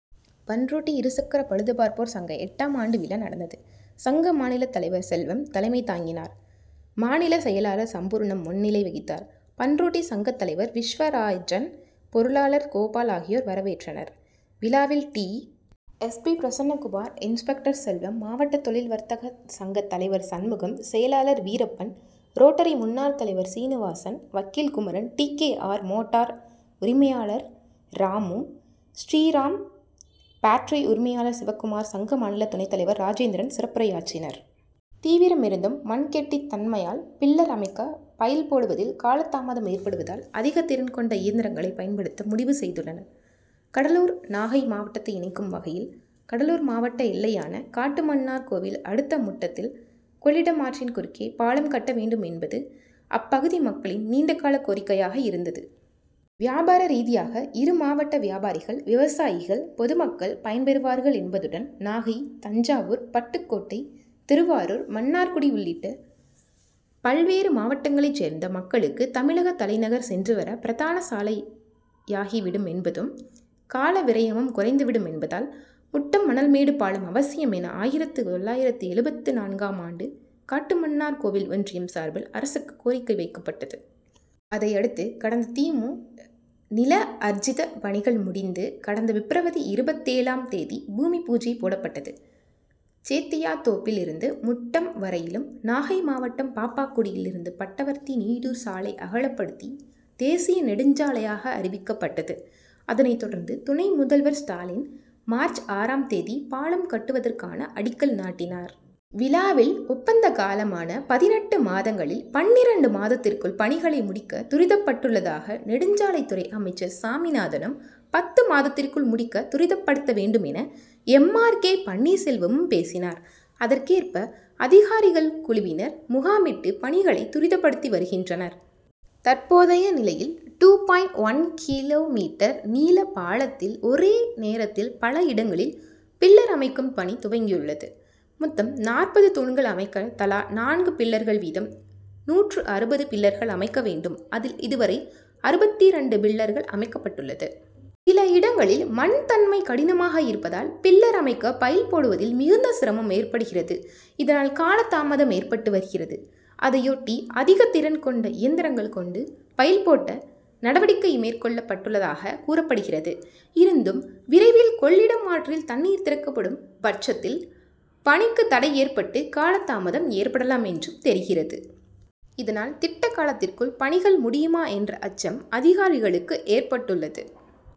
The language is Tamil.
பண்ருட்டி பண்ருட்டி இருசக்கர பழுது பார்ப்போர் சங்க எட்டாம் ஆண்டு விழா நடந்தது. சங்க மாநிலத் தலைவர் செல்வம் தலைமை தாங்கினார். மாநில செயலாளர் சம்பூர்ணம் முன் னிலை வகித்தார். பண் ருட்டி சங்கத் தலைவர் விஸ்வராஜன், பொரு ளாளர் கோபால் ஆகியோர் வரவேற்றனர். விழாவில் T. S. P., Prasannakumar, inspector Selvam, மாவட்ட தொழில் வர்த் தக சங்கத் தலைவர் சண் முகம், செயலாளர் வீரப் பன், ரோட்டரி முன் னாள் தலைவர் சீனுவாசன், வக்கீல் Kumaran, T. K. R., motors உரிமையாளர் ராமு, ஸ்ரீராம் பேட்டரி உரிமையாளர் சிவக்குமார், சங்க மாநில துணைத் தலைவர் ராஜேந்திரன் சிறப்புரையாற்றினர். தீவிரம்! இருந்தும் மண் கெட்டித் தன்மையால் பில்லர் அமைக்க பைல் போடுவதில் காலதாமதம் ஏற்படுவதால் அதிகத் திறன் கொண்ட இயந்திரங் களை பயன்படுத்த முடிவு செய்துள்ளனர். கடலூர் நாகை மாவட் டத்தை இணைக்கும் வகையில் கடலூர் மாவட்ட எல்லையான காட்டுமன்னார்கோவில் அடுத்த முட்டத்தில் கொள் ளிடம் ஆற்றின் குறுக்கே பாலம் கட்ட வேண்டும் என்பது அப்பகுதி மக்களின் நீண்ட கால கோரிக்கையாக இருந்தது. வியாபார ரீதியாக இரு மாவட்ட வியாபாரிகள், விவசாயிகள், பொதுமக் கள் பயன்பெறுவார்கள் என்பதுடன் நாகை, தஞ்சாவூர், பட்டுக்கோட்டை, திருவாரூர், மன்னார்குடி உள்ளிட்ட பல்வேறு மாவட்டங்களைச் சேர்ந்த மக்களுக்கு தமிழகத் தலை நகர் சென்றுவர பிரதான சாலையாகி விடும் என்பதும், காலவிரயமும் குறைந்துவிடும் என்பதால் முட்டம் மணல்மேடு பாலம் அவசியம் என ஆயிரத்து தொள்ளாயிரத்து எழுபத்து நான்காம் ஆண்டு காட்டுமன்னார்கோவில் ஒன்றியம் சார்பில் அரசுக்கு கோரிக்கை வைக்கப்பட்டது. அதையடுத்து கடந்த தி. மு. நில ஆர்ஜித பணிகள் முடிந்து கடந்த பிப்ரவரி இருபத்தேழாம் தேதி பூமி பூஜை போடப்பட்டது. சேத்தியாத்தோப்பில் இருந்து முட்டம் வரையிலும், நாகை மாவட்டம் பாப்பாக்குடியில் இருந்து பட்டவர்த்தி, நீடூர் சாலை அகலப்படுத்தி தேசிய நெடுஞ்சாலையாக அறிவிக்கப்பட்டது. அதனைத் தொடர்ந்து துணை முதல்வர் ஸ்டாலின் மார்ச் ஆறாம் தேதி பாலம் கட்டுவதற்கான அடிக்கல் நாட்டினார். விழாவில் ஒப்பந்த காலமான பதினெட்டு மாதங்களில் பன்னிரண்டு மாதத்திற்குள் பணிகளை முடிக்க துரிதப்படுத்தப் பட்டுள்ளதாக நெடுஞ்சாலைத்துறை அமைச்சர் சாமிநாதனும், பத்து மாதத்திற்குள் முடிக்க துரிதப்படுத்த வேண்டும் என எம். ஆர். கே. பன்னீர்செல்வமும் பேசினர். அதற் கேற்ப அதிகாரிகள் குழுவினர் முகாமிட்டு பணிகளை துரிதப்படுத்தி வருகின்றனர். தற்போதைய நிலையில் two point one kilometre., நீள பாலத்தில் ஒரே நேரத்தில் பல இடங் களில் பில்லர் அமைக்கும் பணி துவங்கியுள்ளது. மொத்தம் நாற்பது தூண்கள் அமைக்க தலா நான்கு பில்லர் கள் வீதம் நூற்று அறுபது பில்லர்கள் அமைக்க வேண்டும் அதில் இதுவரை அறுபத்திரண்டு பில் லர்கள் அமைக்கப்பட் டுள்ளது. சில இடங்களில் மண் தன்மை கடினமாக இருப்ப தால் பில்லர் அமைக்க பைல் போடுவதில் மிகுந்த சிரமம் ஏற்படுகிறது. இதனால் காலதாமம் ஏற்பட்டு வருகிறது. அதையொட்டி அதிகத் திறன் கொண்டு இயந்திரங்கள் கொண்டு பைல் போட நடவடிக்கை மேற் கொள் ளப்பட்டுள்ளதாக கூறப்படுகிறது. இருந்தும் விரைவில் கொள்ளிடம் ஆற்றில் தண் ணீர் திறக்கப்படும் பட்சத் தில் பணிக்கு தடை ஏற் பட்டு காலதாமதம் ஏற்படலாம் என்றும் தெரிகிறது. இதனால் திட்ட காலத்திற் குள் பணிகள் முடியுமா என்ற அச்சம் அதிகாரிகளுக்கு ஏற்பட்டுள்ளது.